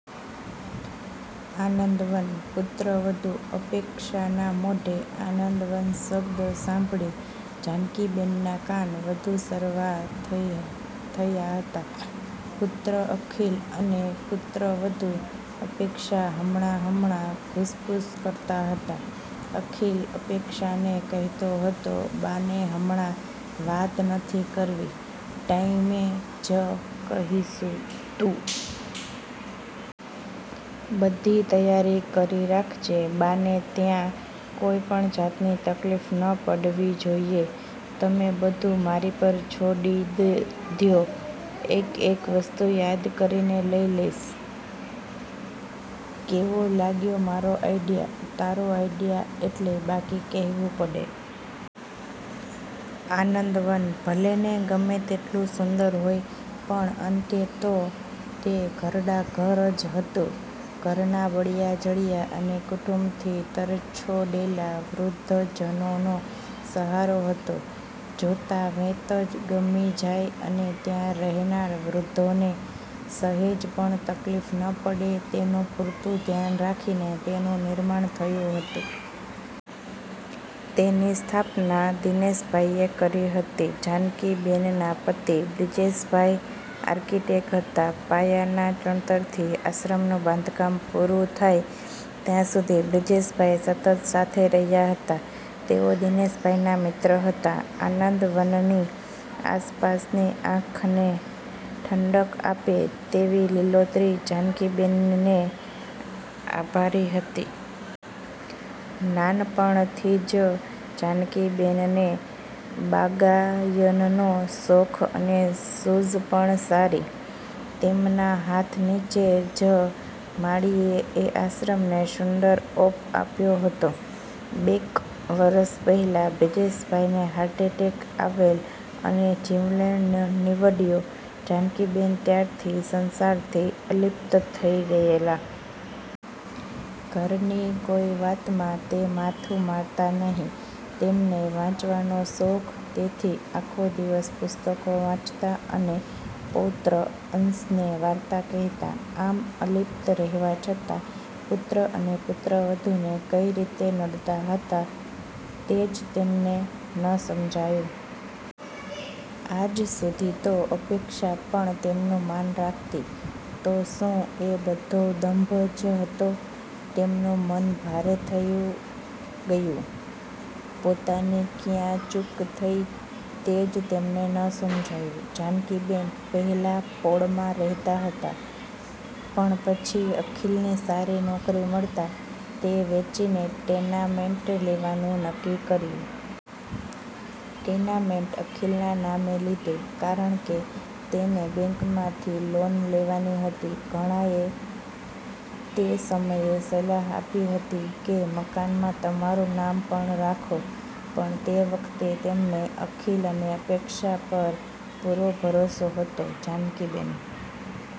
આનંદવન: પુત્રવધુ અપેક્ષાના મોઢે 'આનંદવન' શબ્દ સાંભળી જાનકીબેનના કાન વધુ સરવા થયા હતા. પુત્ર અખિલ અને પુત્રવધુ અપેક્ષા હમણાં-હમણાં ઘૂસપુસ કરતા હતા. અખિલ અપેક્ષાને કહેતો હતો "બાને હમણાં વાત નથી કરવી, ટાઇમે જ કહીશું.તું બધી તૈયારી કરી રાખજે. બાને ત્યાં કોઇ પણ જાતની તકલીફ ન પડવી જોઇએ." "તમે બધું મારી પર છોડી દ્યો, એક-એક વસ્તું યાદ કરીને લઇ લઇશ." "કેવો લાગ્યો મારો આઇડિયા?" "તારો આઇડિયા એટલે બાકી કહેવું પડે." 'આનંદવન' ભલેને ગમે તેટલું સુંદર હોય પણ અંતે તો તે ઘરડાઘર જ હતું. ઘરના બળ્યા-ઝળ્યા અને કુટુંબથી તરછોડેલા વૃદ્ધજનોનો સહારો હતો, જોતા વેંત જ ગમી જાય, ને ત્યાં રહેનાર વૃધ્ધોને સહેજ પણ તકલીફ ન પડે તેનું પૂરતું ધ્યાન રાખીને તેનું નિર્માણ થયું હતું. તેની સ્થાપના દિનેશભાઇએ કરી હતી. જાનકીબેનના પતિ બ્રીજેશભાઈ આર્કિટેક હતા. પાયાના ચણતરથી આશ્રમનું બાંધકામ પૂરું થાય ત્યાં સુધી બ્રીજેશભાઇ સતત સાથે રહ્યા હતા. તેઓ દિનેશભાઇના મિત્ર હતા. આનંદવનની આસપાસની આંખને ઠંડક આપે તેવી લીલોતરી જાનકીબેનને આભારી હતી. નાનપણથી જ જાનકીબેનને બાગાયનનો શોખ, અને સૂઝ પણ સારી. તેમના હાથ નીચે જ માળીએ એ આશ્રમને સુંદર ઓપ આપ્યો હતો. બે'ક વરસ પહેલા બ્રીજેશભાઈને હાર્ટએટેક આવેલ અને જીવલેણ નીવડ્યો. જાનકીબેન ત્યારથી સંસારથી અલિપ્ત થઇ ગયેલા. ઘરની કોઈ વાતમાં તે માથું મારતા નહીં. તેમને વાંચવાનો શોખ, તેથી આખો દિવસ પુસ્તકો વાંચતા. અને પૌત્ર અંશને વાર્તા કહેતા. આમ અલિપ્ત રહેવા છતાં પુત્ર અને પુત્રવધુને કઈ રીતે નડતા હતા તે જ તેમને ન સમજાયું. આજ સુધી તો અપેક્ષા પણ તેમનું માન રાખતી. તો શું એ બધો દંભ જ હતો? તેમનું મન ભારે થઈ ગયુ. પોતાની ક્યાં ચૂક થઈ તે જ તેમને ન સમજાયું. જાનકીબેન પહેલા પોળમાં રહેતા હતા, પણ પછી અખિલને સારી નોકરી મળતા તે વેચીને ટેનામેન્ટ લેવાનું નક્કી કર્યું. ટેનામેન્ટ અખિલના નામે લીધું, કારણ કે તેને બેંકમાંથી લોન લેવાની હતી. ઘણાંએ તે સમયે સલાહ આપી હતી કે મકાનમાં તમારું નામ પણ રાખો, પણ તે વખતે તેમને અખિલ અને અપેક્ષા પર પૂરો ભરોસો હતો. જાનકીબેન